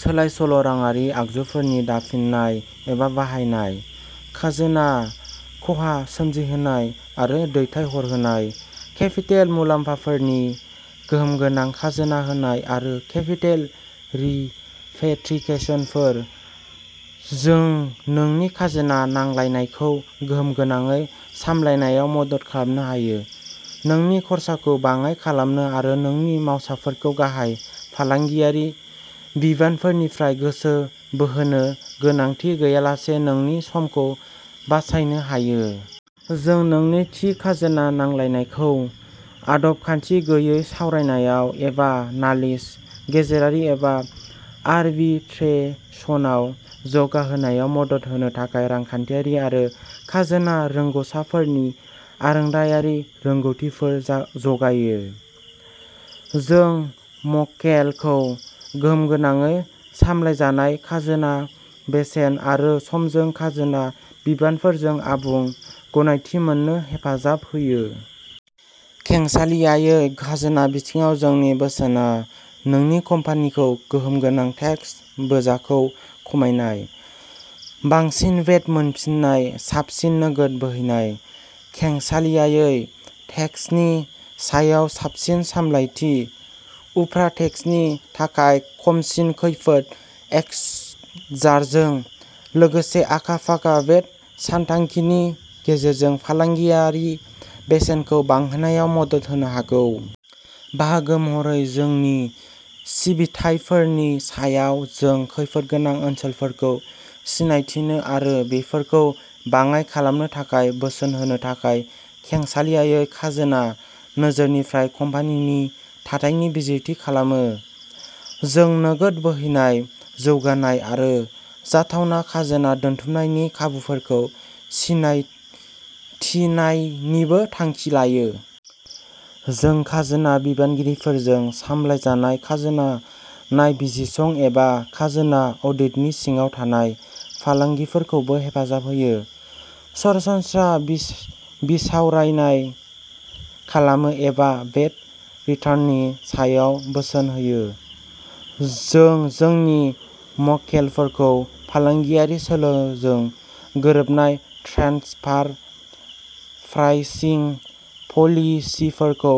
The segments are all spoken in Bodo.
सोलाय-सोल' राङारि आगजुफोरनि दाफिननाय एबा बाहायनाय, खाजोना खहा सोमजिहोनाय आरो दैथायहरहोनाय, केपिटेल मुलाम्फाफोरनि गोहोमगोनां खाजोना होनाय आरो केपिटेल रिपेट्रिकेशनफोर। जों नोंनि खाजोना नांलायनायखौ गोहोमगोनाङै सामलायनायाव मदद खालामनो हायो, नोंनि खरसाखौ बाङाइ खालामनो आरो नोंनि मावसाफोरखौ गाहाय फालांगियारि बिबानफोरनिफ्राय गोसो बोहोनो गोनांथि गैयालासे नोंनि समखौ बासायनो हायो। जों नोंनि थि खाजोना नांलायनायखौ आदब-खान्थि गैयै सावरायनायाव एबा नालिस, गेजेरारि एबा आरबिट्रेसनआव जौगाहोनायाव मदद होनो थाखाय रांखान्थियारि आरो खाजोना रोंग'साफोरनि आरोंदायारि रोंग'थिफोर जा जगायो। जों मक्केलखौ गोहोमगोनाङै सामलायजानाय खाजोना बेसेन आरो समजों खाजोना बिबानफोरजों आबुं गनायथि मोन्नो हेफाजाब होयो। खेंसालियायै खाजोना बिथिङाव जोंनि बोसोनआ नोंनि कम्पानिखौ गोहोमगोनां टेक्स बोजाखौ खमायनाय, बांसिन वेट मोनफिन्नाय, साबसिन नोगोद बोहैनाय, खेंसालियायै टेक्सनि सायाव साबसिन सामलायथि, उफ्रा टेक्सनि थाखाय खमसिन खैफोद एक्स जारजों लोगोसे आखा-फाखा वेट सानथांखिनि गेजेरजों फालांगियारि बेसेनखौ बांहोनायाव मदद होनो हागौ। बाहागो महरै जोंनि सिबिथायफोरनि सायाव जों खैफोदगोनां ओनसोलफोरखौ सिनायथिनो आरो बेफोरखौ बाङाइ खालामनो थाखाय बोसोन होनो थाखाय खेंसालियायै खाजोना नोजोरनिफ्राय कम्पानिनि थाथायनि बिजिरथि खालामो। जों नोगोद बोहैनाय जौगानाय आरो जाथावना खाजोना दोनथुमनायनि खाबुफोरखौ सिनायथिनायनिबो थांखि लायो। जों खाजोना बिबानगिरिफोरजों सामलायजानाय खाजोना नायबिजिरसं एबा खाजोना अडिटनि सिङाव थानाय फालांगिफोरखौबो हेफाजाब होयो, सरासनस्रा बिस बिसावरायनाय खालामो एबा वेट रिटार्ननि सायाव बोसोन होयो। जों जोंनि मक्केलफोरखौ फालांगियारि सोलोजों गोरोबनाय ट्रेन्सफार प्राइसिं पलिसिफोरखौ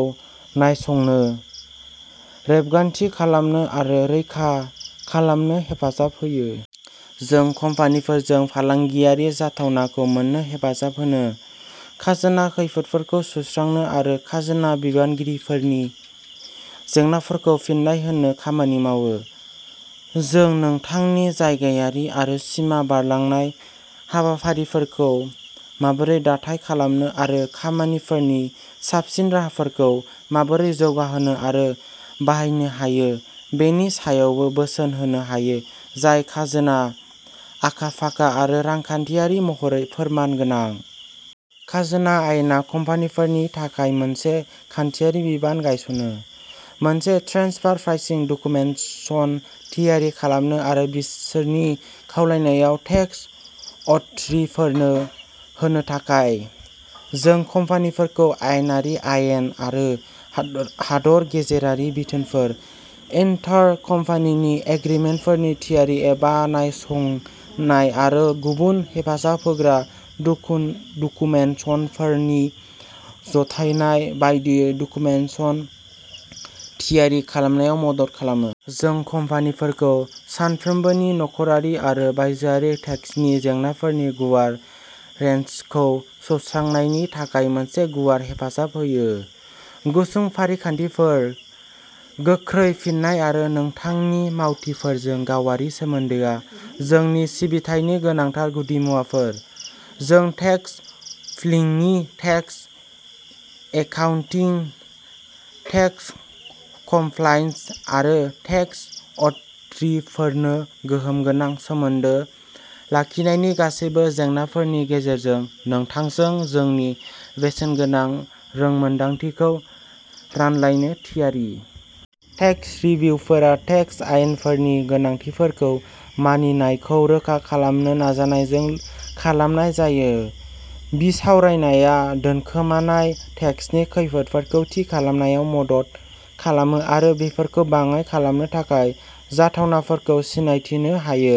नायसंनो, रेबगान्थि खालामनो आरो रैखा खालामनो हेफाजाब होयो। जों कम्पानिफोरजों फालांगियारि जाथावनाखौ मोन्नो हेफाजाब होनो, खाजोना खैफोदफोरखौ सुस्रांनो आरो खाजोना बिबानगिरिफोरनि जेंनाफोरखौ फिन्नाय होनो खामानि मावो। जों नोंथांनि जायगायारि आरो सिमा बारलांनाय हाबाफारिफोरखौ माबोरै दाथाय खालामनो आरो खामानिफोरनि साबसिन राहाफोरखौ माबोरै जौगाहोनो आरो बाहायनो हायो बेनि सायावबो बोसोन होनो हायो जाय खाजोना आखा-फाखा आरो रांखान्थियारि महरै फोरमान गोनां। खाजोना आयेनआ कम्पानिफोरनि थाखाय मोनसे खान्थियारि बिबान गायसनो। मोनसे ट्रेन्सफार प्राइसिं डकुमेन्टसन थियारि खालामनो आरो बिसोरनि खावलायनायाव टेक्स अथ्रिफोरनो होनो थाखाय। जों कम्पानिफोरखौ आयेनारि आयेन आरो हादर गेजेरारि बिथोनफोर, इन्टार-कम्पानिनि एग्रीमेन्टफोरनि थियारि एबा नायसंनाय आरो गुबुन हेफाजाब होग्रा डकु डकुमेन्टसनफोरनि जथायनाय बायदियै डकुमेन्टसन थियारि खालामनायाव मदद खालामो। जों कम्पानिफोरखौ सानफ्रोमबोनि नखरारि आरो बायजोआरि टेक्सनि जेंनाफोरनि गुवार रेन्जखौ सुस्रांनायनि थाखाय मोनसे गुवार हेफाजाब होयो। गुसुं फारिखान्थिफोर, गोख्रै फिननाय आरो नोंथांनि मावथिफोरजों गावारि सोमोन्दोआ जोंनि सिबिथायनि गोनांथार गुदिमुवाफोर। जों tax planning, tax accounting, tax compliance आरो टेक्स अथ्रिफोरनो गोहोम गोनां सोमोन्दो लाखिनायनि गासैबो जेंनाफोरनि गेजेरजों नोंथांजों जोंनि बेसेनगोनां रोंमोनदांथिखौ रानलायनो थियारि। टेक्स रिभ्युफोरा टेक्स आयेनफोरनि गोनांथिफोरखौ मानिनायखौ रोखा खालामनो नाजानायजों खालामनाय जायो। बिसावरायनाया दोनखोमानाय टेक्सनि खैफोदफोरखौ थि खालामनायाव मदद खालामो आरो बेफोरखौ बाङाइ खालामनो थाखाय जाथावनाफोरखौ सिनायथिनो हायो,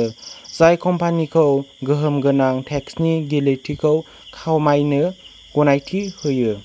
जाय कम्पानिखौ गोहोम गोनां टेक्सनि गिलिरथिखौ खमायनो गनायथि होयो।